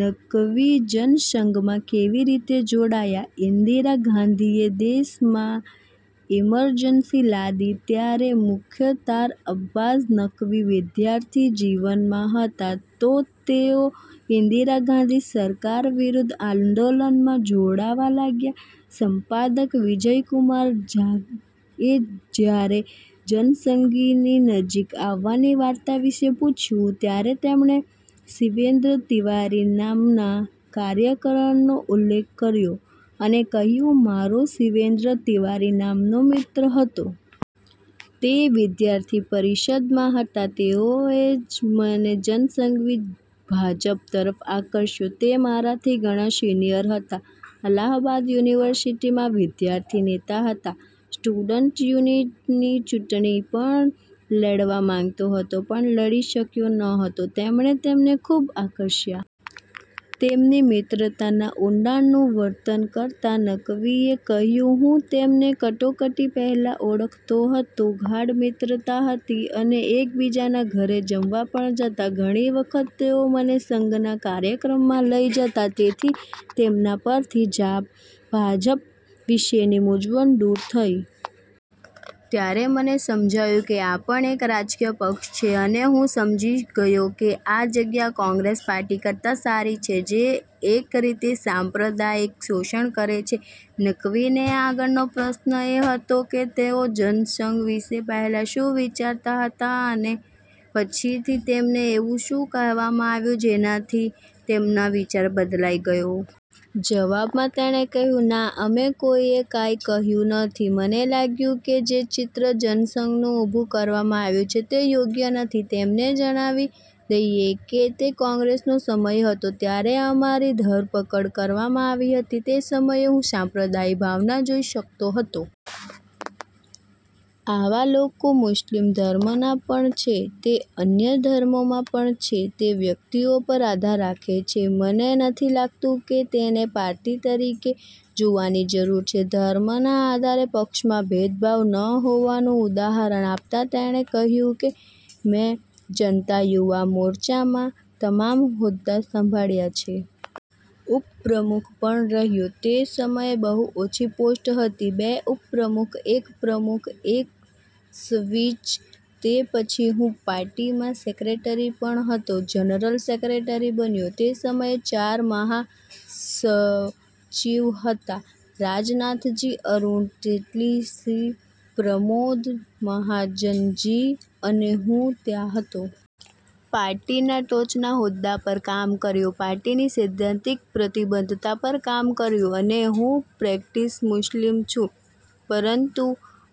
નકવી જનસંઘમાં કેવી રીતે જોડાયા? ઈન્દિરા ગાંધીએ દેશમાં ઈમરજન્સી લાદી ત્યારે મુખ્તાર અબ્બાસ નકવી વિદ્યાર્થી જીવનમાં હતા. તો, તેઓ ઇન્દિરા ગાંધી સરકાર વિરુદ્ધ આંદોલનમાં જોડાવા લાગ્યા. સંપાદક વિજય કુમાર ઝાએ જ્યારે જનસંઘની નજીક આવવાની વાર્તા વિશે પૂછ્યું, ત્યારે તેમણે શિવેન્દ્ર તિવારી નામના કાર્યકરનો ઉલ્લેખ કર્યો અને કહ્યું, "મારો શિવેન્દ્ર તિવારી નામનો મિત્ર હતો. તે વિદ્યાર્થી પરિષદમાં હતા. તેઓએ જ મને જનસંઘ/ભાજપ તરફ આકર્ષ્યો. તે મારાથી ઘણા સિનિયર હતા. અલ્હાબાદ યુનિવર્સિટીમાં વિદ્યાર્થી નેતા હતા. સ્ટુડન્ટ યુનિયનની ચૂંટણી પણ લડવા માંગતો હતો, પણ લડી શક્યો નહોતો. તેમણે તેમને ખૂબ આકર્ષ્યા. તેમની મિત્રતાના ઊંડાણનું વર્ણન કરતાં, નકવીએ કહ્યું, "હું તેમને કટોકટી પહેલા ઓળખતો હતો. ગાઢ મિત્રતા હતી. અમે એકબીજાના ઘરે જમવા પણ જતા. ઘણી વખત તેઓ મને સંઘના કાર્યક્રમમાં લઈ જતા. તેથી તેમના પરથી ભાજપ વિશેની મૂંઝવણ દૂર થઈ. ત્યારે મને સમજાયું કે, આ પણ એક રાજકીય પક્ષ છે અને હું સમજી ગયો કે, આ જગ્યા કોંગ્રેસ પાર્ટી કરતા સારી છે, જે એક રીતે સાંપ્રદાયિક શોષણ કરે છે. નકવીને આગળનો પ્રશ્ન એ હતો કે, તેઓ જનસંઘ વિશે પહેલા શું વિચારતા હતા અને પછીથી તેમને એવું શું કહેવામાં આવ્યું, જેનાથી તેમનો વિચાર બદલાઈ ગયો? જવાબમાં, તેણે કહ્યું, "ના! મને કોઈએ કાઈ કહ્યું નથી. મને લાગ્યું કે જે ચિત્ર જનસંઘનું ઉભુ કરવામાં આવ્યું છે તે યોગ્ય નથી. તમને જણાવી દઈએ કે, તે કોંગ્રેસનો સમય હતો, જ્યારે અમારી ધરપકડ કરવામાં આવી હતી, તે સમયે હું સાંપ્રદાયિક ભાવના જોઈ શકતો હતો. આવા લોકો મુસ્લિમ ધર્મમાં પણ છે. તે અન્ય ધર્મોમાં પણ છે. તે વ્યક્તિઓ પર આધાર રાખે છે. મને નથી લાગતું કે, તેને પાર્ટી તરીકે જોવાની જરૂર છે. " ધર્મના આધારે પક્ષમાં ભેદભાવ ન હોવાનું ઉદાહરણ આપતાં તેમણે કહ્યું કે, "મેં જનતા યુવા મોરચામાં તમામ હોદ્દા સંભાળ્યા છે. ઉપપ્રમુખ પણ રહ્યો. તે સમયે બહુ ઓછી પોસ્ટ હતી. બે ઉપપ્રમુખ, એક પ્રમુખ, એક સચિવ, તે પછી હું પાર્ટીમાં સેક્રેટરી પણ હતો. જનરલ સેક્રેટરી બન્યો. તે સમયે ચાર મહાસચિવ હતા, રાજનાથ જી, અરુણ જેટલી જી, પ્રમોદ મહાજન જી અને હું ત્યાં હતો. પાર્ટીના ટોચના હોદ્દા પર કામ કર્યું. પાર્ટીની સૈદ્ધાંતિક પ્રતિબદ્ધતા પર કામ કર્યું. અને હું પ્રેક્ટિસ મુસ્લિમ છું. પરંતુ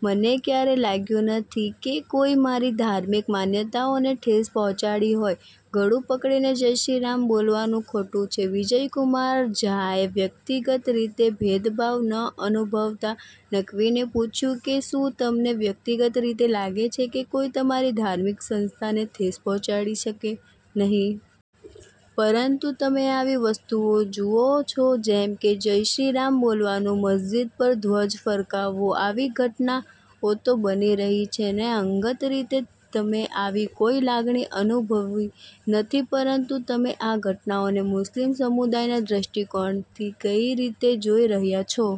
મને ક્યારેય લાગ્યું નથી કે, કોઈ મારી ધાર્મિક માન્યતાઓને ઠેસ પહોંચાડી હોય. " 'ગળું પકડીને જય શ્રી રામ બોલવવું ખોટું છે' વિજય કુમાર ઝાએ વ્યક્તિગત રીતે ભેદભાવ ન અનુભવતા નકવીને પૂછ્યું કે, શું તમને વ્યક્તિગત રીતે લાગે છે કે, કોઈ તમારી ધાર્મિક આસ્થાને ઠેસ પહોંચાડી શકે નહીં. પરંતુ તમે આવી વસ્તુઓ જુઓ છો, જેમ કે- જય શ્રી રામ બોલાવવું, મસ્જિદ પર ધ્વજ ફરકાવવો, આવી ઘટનાઓ તો બની રહી છે ને? અંગત રીતે, તમે આવી કોઈ લાગણી અનુભવી નથી. પરંતુ તમે આ ઘટનાઓને મુસ્લિમ સમુદાયના દૃષ્ટિકોણથી કેવી રીતે જોઈ રહ્યા છો?